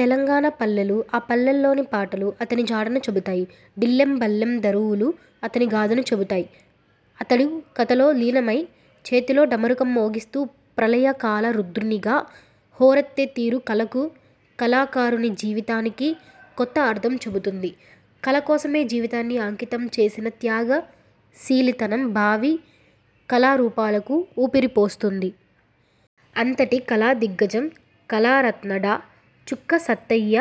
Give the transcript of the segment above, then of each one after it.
తెలంగాణ పల్లెలు, ఆ పల్లెల్లోని పాటలు అతని జాడను చెబుతాయి. డిల్లెం బల్లెం దరువులు అతని గాథను చెబుతాయి. అతడు కథలో లీనమై, చేతిలో డమరుకం మోగిస్తూ, ప్రళయకాల రుద్రునిగా హోరెత్తే తీరు కళకు, కళాకారుని జీవితానికి కొత్త అర్థం చెబుతుంది. కళ కోసమే జీవితాన్ని అంకితం చేసిన త్యాగ శీలితనం భావి కళా రూపాలకు ఊపిరిపోస్తుంది. అంతటి కళా దిగ్గజం కళారత్న డా. చుక్క సత్తయ్య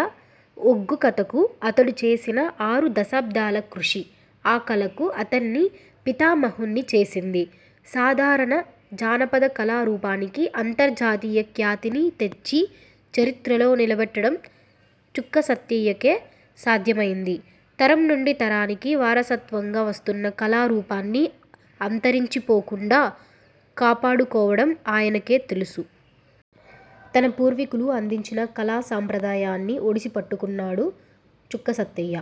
ఒగ్గు కథకు అతడు చేసిన ఆరు దశాబ్దాల కృషి, ఆ కళకు అతణ్ణి పితామహున్ని చేసింది. సాధారణ జానపద కళా రూపానికి అంతర్జాతీయ ఖ్యాతిని తెచ్చి, చరిత్రలో నిలబెట్టడం చుక్క సత్తయ్యకే సాధ్యమయ్యింది. తరం నుండి తరానికి వారసత్వంగా వస్తున్న కళా రూపాన్ని, అంతరించి పోకుండా కాపాడు కోవడం ఆయనకే తెలుసు. తన పూర్వీకులు అందించిన కళా సంప్రదాయాన్ని ఒడిసి పట్టుకున్నాడు చుక్క సత్తయ్య.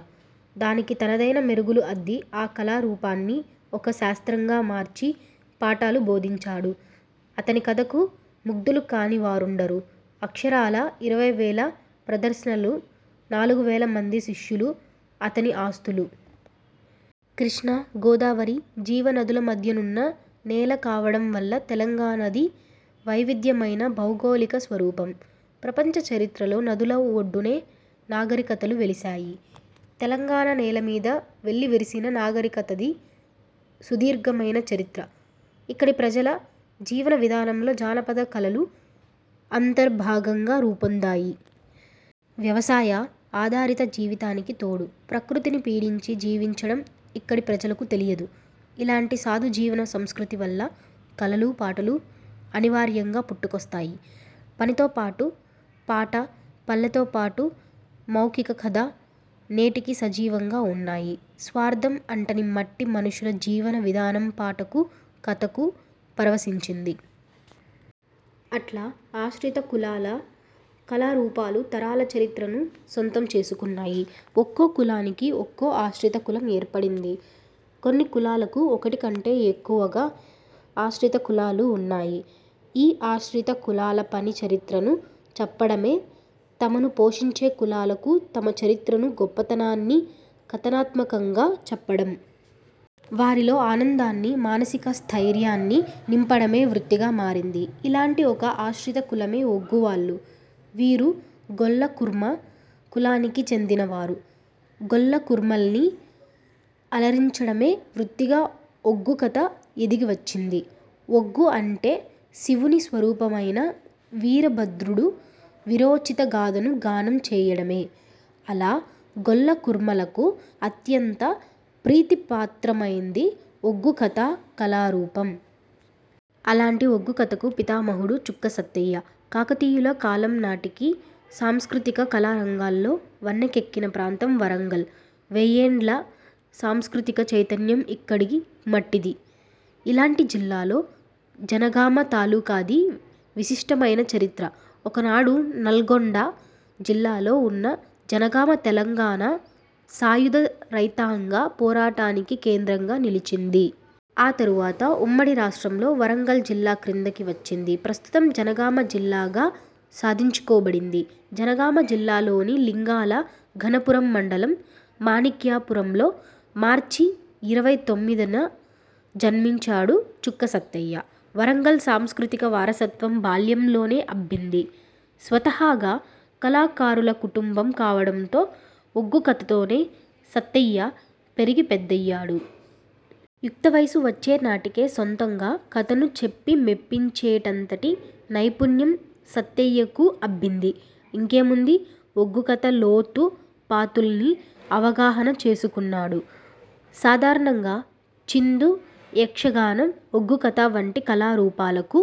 దానికి తనదైన మెరుగులు అద్ది ఆ కళా రూపాన్ని ఒక శాస్త్రంగా మార్చి పాఠాలు బోధించాడు. అతని కథకు ముగ్ధులు కాని వారుండరు. అక్షరాలా ఇరవై వేల ప్రదర్శనలు, నాలుగు వేల మంది శిష్యులు అతని ఆస్తులు. కృష్ణా, గోదావరి జీవ నదుల మధ్య నున్న నేల కావడం వల్ల తెలంగాణది వై విధ్యమైన భౌగోళిక స్వరూపం. ప్రపంచ చరిత్రలో నదుల ఒడ్డునే నాగరికతలు వెలిశాయి. తెలంగాణ నేల మీద వెల్లి విరిసిన నాగరికతది సుదీర్ఘమైన చరిత్ర. ఇక్కడి ప్రజల జీవన విధానంలో జానపద కళలు అంతర్భాగంగా రూపొందాయి. వ్యవసాయ ఆధారిత జీవితానికి తోడు, ప్రకృతిని పీడించి జీవించడం ఇక్కడి ప్రజలకు తెలియదు. ఇలాంటి సాధు జీవన సంస్కృతి వల్ల కళలు, పాటలు అనివార్యంగా పుట్టుకొస్తాయి. పనితో పాటు పాట, పల్లెతో పాటు మౌఖిక కథ నేటికి సజీవంగా ఉన్నాయి. స్వార్థం అంటని మట్టి మనుషుల జీవన విధానం పాటకు, కథకు పరవశించింది. అట్లా ఆశ్రిత కులాల కళా రూపాలు తరాల చరిత్రను సొంతం చేసుకున్నాయి. ఒక్కో కులానికి ఒక్కో ఆశ్రిత కులం ఏర్పడింది. కొన్ని కులాలకు ఒకటి కంటే ఎక్కువగా ఆశ్రిత కులాలు ఉన్నాయి. ఈ ఆశ్రిత కులాల పని చరిత్రను చెప్పడమే. తమను పోషించే కులాలకు తమ చరిత్రను గొప్పతనాన్ని కథనాత్మకంగా చెప్పడం. వారిలో ఆనందాన్ని, మానసిక స్థైర్యాన్ని నింపడమే వృత్తిగా మారింది. ఇలాంటి ఒక ఆశ్రిత కులమే ఒగ్గువాళ్లు. వీరు గొల్లకుర్మ కులానికి చెందినవారు. గొల్లకుర్మల్ని అలరించడమే వృత్తిగా ఒగ్గు కథ ఎదిగివచ్చింది. ఒగ్గు అంటే శివుని స్వరూపమైన వీరభద్రుడు వీరోచిత గాథను గానం చేయడమే. అలా గొల్లకుర్మలకు అత్యంత ప్రీతిపాత్రమైంది ఒగ్గు కథా కళా రూపం. అలాంటి ఒగ్గుకథకు పితామహుడు చుక్క సత్తయ్య. కాకతీయుల కాలం నాటికి సాంస్కృతిక కళా రంగాల్లో వన్నెకెక్కిన ప్రాంతం వరంగల్. వెయ్యేండ్ల సాంస్కృతిక చైతన్యం ఇక్కడి మట్టిది. ఇలాంటి జిల్లాలో జనగామ తాలూకాది విశిష్టమైన చరిత్ర. ఒకనాడు నల్లగొండ జిల్లాలో ఉన్న జనగామ తెలంగాణ సాయుధ రైతాంగ పోరాటానికి కేంద్రంగా నిలిచింది. ఆ తరువాత ఉమ్మడి రాష్ట్రంలో వరంగల్ జిల్లా క్రిందికి వచ్చింది. ప్రస్తుతం జనగామ జిల్లాగా సాధించుకోబడింది. జనగామ జిల్లాలోని లింగాల ఘనపురం మండలం, మాణిక్యా పురంలో మార్చి ఇరవై తొమ్మిదిన జన్మించాడు చుక్క సత్తయ్య. వరంగల్ సాంస్కృతిక వారసత్వం బాల్యంలోనే అబ్బింది. స్వతహాగా కళాకారుల కుటుంబం కావడంతో ఒగ్గు కథతోనే సత్తయ్య పెరిగి పెద్దయ్యాడు. యుక్తవయసు వచ్చే నాటికే సొంతంగా కథను చెప్పి మెప్పించేటంతటి నైపుణ్యం సత్తయ్యకు అబ్బింది. ఇంకేముంది ఒగ్గుకథ లోతు పాతుల్ని అవగాహన చేసుకున్నాడు. సాధారణంగా చిందు యక్షగానం, ఒగ్గు కథ వంటి కళారూపాలకు